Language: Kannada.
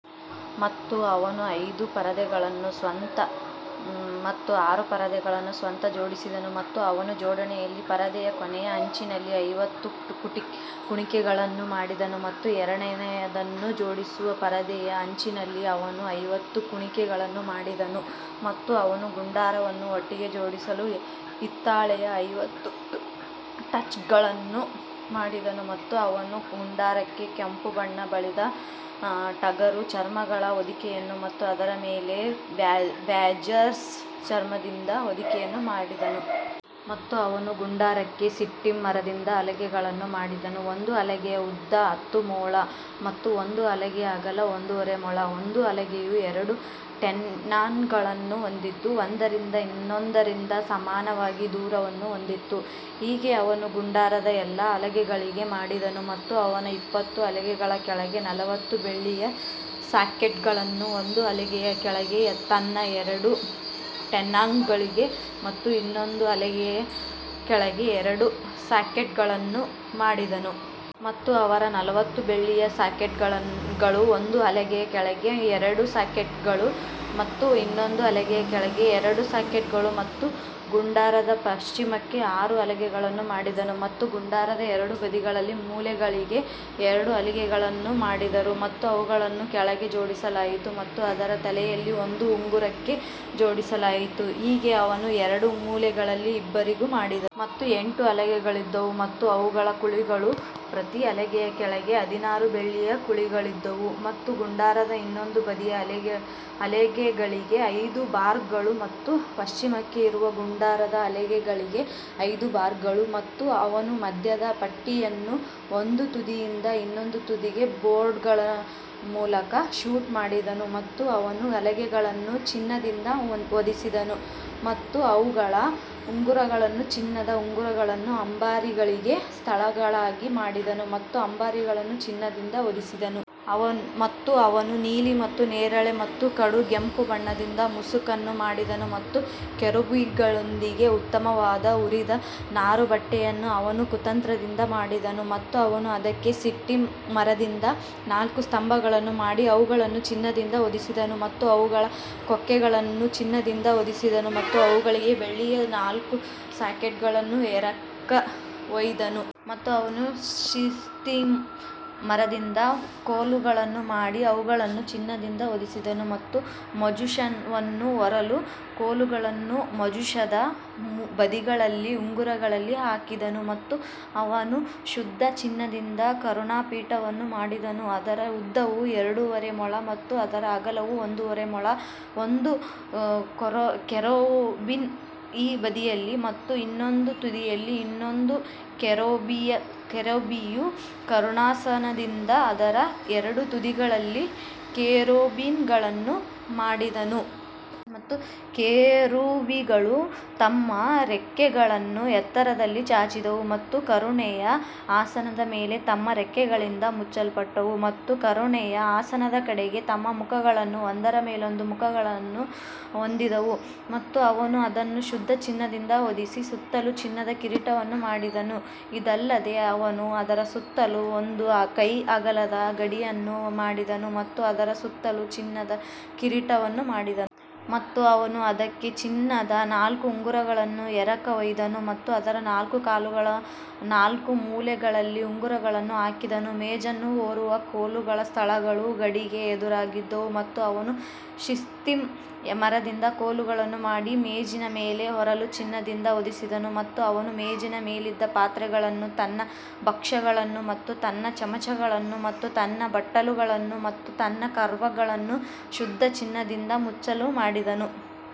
ಮತ್ತು ಅವನು ಐದು ಪರದೆಗಳನ್ನು ಸ್ವತಃ ಮತ್ತು ಆರು ಪರದೆಗಳನ್ನು ಸ್ವತಃ ಜೋಡಿಸಿದನು ಮತ್ತು ಅವನು ಜೋಡಣೆಯಲ್ಲಿ ಪರದೆಯ ಕೊನೆಯ ಅಂಚಿನಲ್ಲಿ ಐವತ್ತು ಕುಣಿಕೆಗಳನ್ನು ಮಾಡಿದನು ಮತ್ತು ಎರಡನೆಯದನ್ನು ಜೋಡಿಸುವ ಪರದೆಯ ಅಂಚಿನಲ್ಲಿ ಅವನು ಐವತ್ತು ಕುಣಿಕೆಗಳನ್ನು ಮಾಡಿದನು. ಮತ್ತು ಅವನು ಗುಡಾರವನ್ನು ಒಟ್ಟಿಗೆ ಜೋಡಿಸಲು ಹಿತ್ತಾಳೆಯ ಐವತ್ತು ಟಚ್ಗಳನ್ನು ಮಾಡಿದನು ಮತ್ತು ಅವನು ಗುಡಾರಕ್ಕೆ ಕೆಂಪು ಬಣ್ಣ ಬಳಿದ ಟಗರು ಚರ್ಮಗಳ ಹೊದಿಕೆಯನ್ನು ಮತ್ತು ಅದರ ಮೇಲೆ ಬ್ಯಾಜರ್ಸ್ ಚರ್ಮದಿಂದ ಹೊದಿಕೆಯನ್ನು ಮಾಡಿದನು. ಮತ್ತು ಅವನು ಗುಡಾರಕ್ಕೆ ಶಿಟ್ಟಿಮ್ ಮರದಿಂದ ಹಲಗೆಗಳನ್ನು ಮಾಡಿದನು ಒಂದು ಹಲಗೆಯ ಉದ್ದ ಹತ್ತು ಮೊಳ ಮತ್ತು ಒಂದು ಹಲಗೆಯ ಅಗಲ ಒಂದೂವರೆ ಮೊಳ ಒಂದು ಹಲಗೆಯು ಎರಡು ಟೆನಾನ್ಗಳನ್ನು ಹೊಂದಿದ್ದು ಒಂದರಿಂದ ಇನ್ನೊಂದರಿಂದ ಸಮಾನವಾಗಿ ದೂರವನ್ನು ಹೊಂದಿತ್ತು, ಹೀಗೆ ಅವನು ಗುಡಾರದ ಎಲ್ಲಾ ಹಲಗೆಗಳಿಗೆ ಮಾಡಿದನು ಮತ್ತು ಅವನು ಇಪ್ಪತ್ತು ಹಲಗೆಗಳ ಕೆಳಗೆ ನಲವತ್ತು ಬೆಳ್ಳಿಯ ಸಾಕೆಟ್ಗಳನ್ನು ಒಂದು ಹಲಗೆಯ ಕೆಳಗೆ ತನ್ನ ಎರಡು ಟೆನಾನ್ಗಳಿಗೆ ಮತ್ತು ಇನ್ನೊಂದು ಹಲಗೆಯ ಕೆಳಗೆ ಎರಡು ಸಾಕೆಟ್ಗಳನ್ನು ಮಾಡಿದನು. ಮತ್ತು ಅವರ ನಲವತ್ತು ಬೆಳ್ಳಿಯ ಸಾಕೆಟ್ಗಳು ಒಂದು ಹಲಗೆಯ ಕೆಳಗೆ ಎರಡು ಸಾಕೆಟ್ಗಳು ಮತ್ತು ಇನ್ನೊಂದು ಹಲಗೆಯ ಕೆಳಗೆ ಎರಡು ಸಾಕೆಟ್ಗಳು ಮತ್ತು ಗುಡಾರದ ಪಶ್ಚಿಮಕ್ಕೆ ಆರು ಹಲಗೆಗಳನ್ನು ಮಾಡಿದನು ಮತ್ತು ಗುಡಾರದ ಎರಡು ಬದಿಗಳಲ್ಲಿ ಮೂಲೆಗಳಿಗೆ ಎರಡು ಹಲಗೆಗಳನ್ನು ಮಾಡಿದರು ಮತ್ತು ಅವುಗಳನ್ನು ಕೆಳಗೆ ಜೋಡಿಸಲಾಯಿತು ಮತ್ತು ಅದರ ತಲೆಯಲ್ಲಿ ಒಂದು ಉಂಗುರಕ್ಕೆ ಜೋಡಿಸಲಾಯಿತು, ಹೀಗೆ ಅವನು ಎರಡೂ ಮೂಲೆಗಳಲ್ಲಿ ಇಬ್ಬರಿಗೂ ಮಾಡಿದನು. ಮತ್ತು ಎಂಟು ಹಲಗೆಗಳಿದ್ದವು ಮತ್ತು ಅವುಗಳ ಕುಳಿಗಳು ಪ್ರತಿ ಹಲಗೆಯ ಕೆಳಗೆ ಹದಿನಾರು ಬೆಳ್ಳಿಯ ಕುಳಿಗಳಿದ್ದವು ಮತ್ತು ಗುಡಾರದ ಇನ್ನೊಂದು ಬದಿಯ ಹಲಗೆಗಳಿಗೆ ಐದು ಬಾರ್ಗಳು ಮತ್ತು ಪಶ್ಚಿಮಕ್ಕೆ ಇರುವ ಗುಡಾರದ ಹಲಗೆಗಳಿಗೆ ಐದು ಬಾರ್ಗಳು. ಮತ್ತು ಅವನು ಮಧ್ಯದ ಪಟ್ಟಿಯನ್ನು ಒಂದು ತುದಿಯಿಂದ ಇನ್ನೊಂದು ತುದಿಗೆ ಬೋರ್ಡ್ಗಳ ಮೂಲಕ ಶೂಟ್ ಮಾಡಿದನು ಮತ್ತು ಅವನು ಹಲಗೆಗಳನ್ನು ಚಿನ್ನದಿಂದ ಹೊದಿಸಿದನು ಮತ್ತು ಅವುಗಳ ಉಂಗುರಗಳನ್ನು ಚಿನ್ನದ ಉಂಗುರಗಳನ್ನು ಅಂಬಾರಿಗಳಿಗೆ ಸ್ಥಳಗಳಾಗಿ ಮಾಡಿದನು ಮತ್ತು ಅಂಬಾರಿಗಳನ್ನು ಚಿನ್ನದಿಂದ ಹೊದಿಸಿದನು. ಮತ್ತು ಅವನು ನೀಲಿ ಮತ್ತು ನೇರಳೆ ಮತ್ತು ಕಡುಗೆಂಪು ಬಣ್ಣದಿಂದ ಮುಸುಕನ್ನು ಮಾಡಿದನು ಮತ್ತು ಕೆರೂಬಿಗಳೊಂದಿಗೆ ಉತ್ತಮವಾದ ಹುರಿದ ನಾರುಬಟ್ಟೆಯನ್ನು ಅವನು ಕುತಂತ್ರದಿಂದ ಮಾಡಿದನು. ಮತ್ತು ಅವನು ಅದಕ್ಕೆ ಶಿಟ್ಟಿಮ್ ಮರದಿಂದ ನಾಲ್ಕು ಸ್ತಂಭಗಳನ್ನು ಮಾಡಿ ಅವುಗಳನ್ನು ಚಿನ್ನದಿಂದ ಹೊದಿಸಿದನು ಮತ್ತು ಅವುಗಳ ಕೊಕ್ಕೆಗಳನ್ನು ಚಿನ್ನದಿಂದ ಹೊದಿಸಿದನು ಮತ್ತು ಅವುಗಳಿಗೆ ಬೆಳ್ಳಿಯ ನಾಲ್ಕು ಸಾಕೆಟ್ಗಳನ್ನು ಎರಕಹೊಯ್ದನು. ಮತ್ತು ಅವನು ಶಿತ್ತಿಮ್ ಮರದಿಂದ ಕೋಲುಗಳನ್ನು ಮಾಡಿ ಅವುಗಳನ್ನು ಚಿನ್ನದಿಂದ ಹೊದಿಸಿದನು ಮತ್ತು ಮಂಜೂಷವನ್ನು ಹೊರಲು ಕೋಲುಗಳನ್ನು ಮಂಜೂಷದ ಬದಿಗಳಲ್ಲಿ ಉಂಗುರಗಳಲ್ಲಿ ಹಾಕಿದನು ಮತ್ತು ಅವನು ಶುದ್ಧ ಚಿನ್ನದಿಂದ ಕರುಣಾಪೀಠವನ್ನು ಮಾಡಿದನು, ಅದರ ಉದ್ದವು ಎರಡುವರೆ ಮೊಳ ಮತ್ತು ಅದರ ಅಗಲ ಒಂದೂವರೆ ಮೊಳ. ಒಂದು ಕೆರೂಬಿನ ಈ ಬದಿಯಲ್ಲಿ ಮತ್ತು ಇನ್ನೊಂದು ತುದಿಯಲ್ಲಿ ಇನ್ನೊಂದು ಕೆರೂಬಿಯು ಕರುಣಾಾಸನದಿಂದ ಅದರ ಎರಡು ತುದಿಗಳಲ್ಲಿ ಕೆರೂಬಿಗಳನ್ನು ಮಾಡಿದನು. ಮತ್ತು ಕೆರೂಬಿಗಳು ತಮ್ಮ ರೆಕ್ಕೆಗಳನ್ನು ಎತ್ತರದಲ್ಲಿ ಚಾಚಿದವು ಮತ್ತು ಕರುಣೆಯ ಆಸನದ ಮೇಲೆ ತಮ್ಮ ರೆಕ್ಕೆಗಳಿಂದ ಮುಚ್ಚಲ್ಪಟ್ಟವು ಮತ್ತು ಕರುಣೆಯ ಆಸನದ ಕಡೆಗೆ ತಮ್ಮ ಮುಖಗಳನ್ನು ಒಂದರ ಮೇಲೊಂದು ಮುಖಗಳನ್ನು ಹೊಂದಿದ್ದವು. ಮತ್ತು ಅವನು ಅದನ್ನು ಶುದ್ಧ ಚಿನ್ನದಿಂದ ಹೊದಿಸಿ ಸುತ್ತಲೂ ಚಿನ್ನದ ಕಿರೀಟವನ್ನು ಮಾಡಿದನು ಇದಲ್ಲದೆ ಅವನು ಅದರ ಸುತ್ತಲೂ ಒಂದು ಕೈಅಗಲದ ಗಡಿಯನ್ನು ಮಾಡಿದನು ಮತ್ತು ಅದರ ಸುತ್ತಲೂ ಚಿನ್ನದ ಕಿರೀಟವನ್ನು ಮಾಡಿದನು. ಮತ್ತು ಅವನು ಅದಕ್ಕೆ ಚಿನ್ನದ ನಾಲ್ಕು ಉಂಗುರಗಳನ್ನು ಎರಕಹೊಯ್ದನು ಮತ್ತು ಅದರ ನಾಲ್ಕು ಕಾಲುಗಳ ನಾಲ್ಕು ಮೂಲೆಗಳಲ್ಲಿ ಉಂಗುರಗಳನ್ನು ಹಾಕಿದನು. ಮೇಜನ್ನು ಹೊರುವ ಕೋಲುಗಳ ಸ್ಥಳಗಳು ಗಡಿಗೆ ಎದುರಾಗಿದ್ದವು ಮತ್ತು ಅವನು ಶಿತ್ತಿಮ್ ಮರದಿಂದ ಕೋಲುಗಳನ್ನು ಮಾಡಿ ಮೇಜಿನ ಮೇಲೆ ಹೊರಲು ಚಿನ್ನದಿಂದ ಹೊದಿಸಿದನು ಮತ್ತು ಅವನು ಮೇಜಿನ ಮೇಲಿದ್ದ ಪಾತ್ರೆಗಳನ್ನು ತನ್ನ ಭಕ್ಷ್ಯಗಳನ್ನು ಮತ್ತು ತನ್ನ ಚಮಚಗಳನ್ನು ಮತ್ತು ತನ್ನ ಬಟ್ಟಲುಗಳನ್ನು ಮತ್ತು ತನ್ನ ಕವರ್ಗಳನ್ನು ಶುದ್ಧ ಚಿನ್ನದಿಂದ ಮುಚ್ಚಲು ಮಾಡಿದನು.